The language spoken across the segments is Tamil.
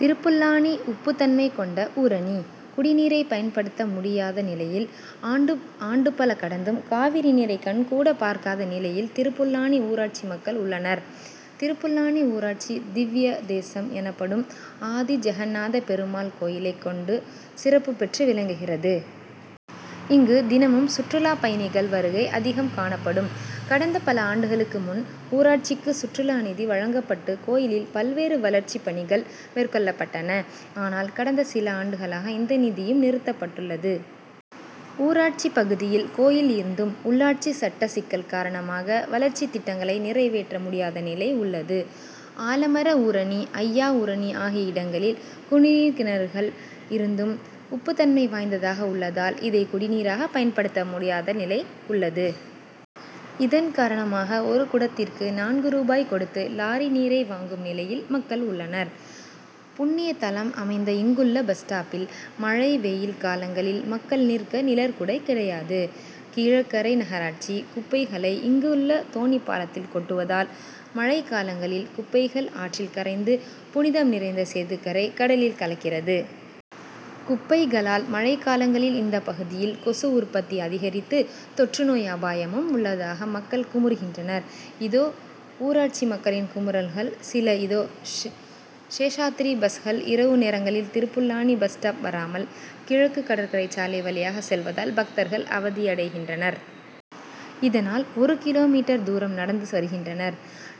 திருப்புல்லாணி உப்பு தன்மை கொண்ட ஊரணி குடி நீரை பயன்ப டுத்த முடி யாத நிலை யில், ஆண்டு ஆண்டு பல கடந்தும் காவிரி நீரை கண் கூட பார்க்காத நிலை யில் திருப்புல்லாணி ஊராட்சி மக்கள் உள்ள னர். திருப்புல்லாணி ஊரா டசி திவ்ய தே சம் எனப்ப டும் ஆதி ஜெக நாத பெரு மாள் கோயிலை கொண்டு சிறப்பு பெற்று விளங்கு கி றது. இங்கு தின மும் சுற்றுலா பய ணி கள் வருகை அதி கம் காணப்ப டும். கடந்த பல ஆண்டு க ளுக்கு முன் ஊராட்சிக்கு சுற்றுலா நிதி வழங்கப்பட்டு கோயி லில் பல்வேறு வளர்ச்சி பணி கள் மேற்கொள்ளப் பட்டன. ஆனால் கடந்த சில ஆண்டு களாக இந்த நிதி யும் நிறுத்தப்பட்டுள்ளது. ஊராட்சி பகு தி யில் கோயில் இருந்தும், உள்ளாட்சி சட்ட சிக்கல் கார ண மாக வளர்ச்சி திட்டங்களை நிறை வேற்ற மு டி யாத நிலை உள்ளது. ஆல மர ஊரணி, ஐயா ஊரணி ஆகிய இடங்க ளில் குடி நீர் கிண று கள் இருந்தும் உப்பு தன்மை வாய்ந்தாக உள்ள தால் இதை குடி நீ ராக பயன்ப டுத்த முடி யாத நிலை உள்ளது. இதன் கார ண மாக ஒரு குடத்திற்கு நான்கு ரூபாய் கொடுத்து லாரி நீரை வாங்கும் நிலை யில் மக்கள் உள்ள னர். புண்ணி ய த லம் அமைந்த இங்குள்ள பஸ்ஸ்டாப்பில் மழை, வெயில் காலங்க ளில் மக்கள் நிற்க நிழற்குடை கிடை யாது. கீழக்கரை நக ராட்சி குப்பை களை இங்குள்ள தோணிப்பா லத்தில் கொட்டு வ தால், மழை காலங்க ளில் குப்பை கள் ஆற்றில் கரைந்து புனி தம் நிறைந்த சேதுக்கரை கட லில் கலக்கி றது. குப்பை களால் மழை காலங்க ளில் இந்த பகு தி யில் கொசு உற்பத்தி அதி க ரித்து தொற்று நோய் அபா ய மும் உள்ள தாக மக்கள் குமு று கின்ற னர். இதோ ஊராட்சி மக்க ளின் குமு றல்கள் சில இதோ சே சேஷாத்தி ரி பஸ்கள் இரவு நேரங்க ளில் திருப்புல் லாணி பஸ்ஸ்டாப் வரா மல், கிழக்கு கடற்கரை சாலை வழி யாக செல்வ தால் பக்தர்கள் அவ தி ய டை கின்ற னர். இத னால் ஒரூ கி. மீ.,தூரம் நடந்து வரு கின்ற னர்.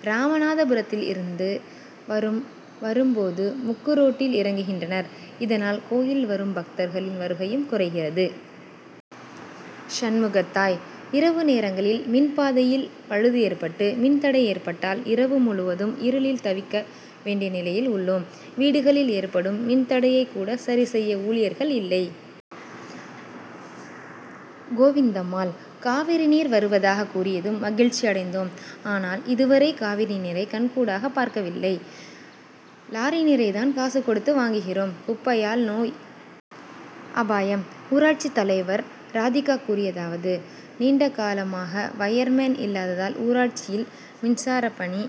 ராம நா த பு ரத்தி லி ருந்து வரும் வரும் போது முக்கு ரோட்டில் இறங்கு கின்ற னர். இத னால் கோயில் வரும் பக்தர்க ளின் வரு கை யும் குறை கி றது. சண்மு கத்தாய் இரவு நேரங்க ளில் மின் பாதை யில் பழுது ஏற்பட்டு மின் தடை ஏற்பட்டால் இரவு முழு வ தும் இரு ளில் தவி கக வேண்டிய நிலை யில் உள்ளோம். வீடு க ளில் ஏற்ப டும் மின் தடையை கூட சரி செய்ய ஊழி யர்கள் இல்லை. கோவிந்தம்மாள் காவிரி நீர் வரு வ தாக கூறி ய தும் மகிழ்ச்சி அடைந் தோம். ஆனால் இது வரை காவிரி நீரை கண்கூட பார்க்க வில்லை. லாரி நீரை தான் காசு கொ டுத்து வாங்கு கி றோம். குப்பை யால் நோய் அபாயம் ஊராட்சி தலை வர் ராதிகா கூறி ய தா வது நீண்ட கால மாக வயர்மேன் இல்லா த தால் ஊராட்சி யில் மின்சார பணி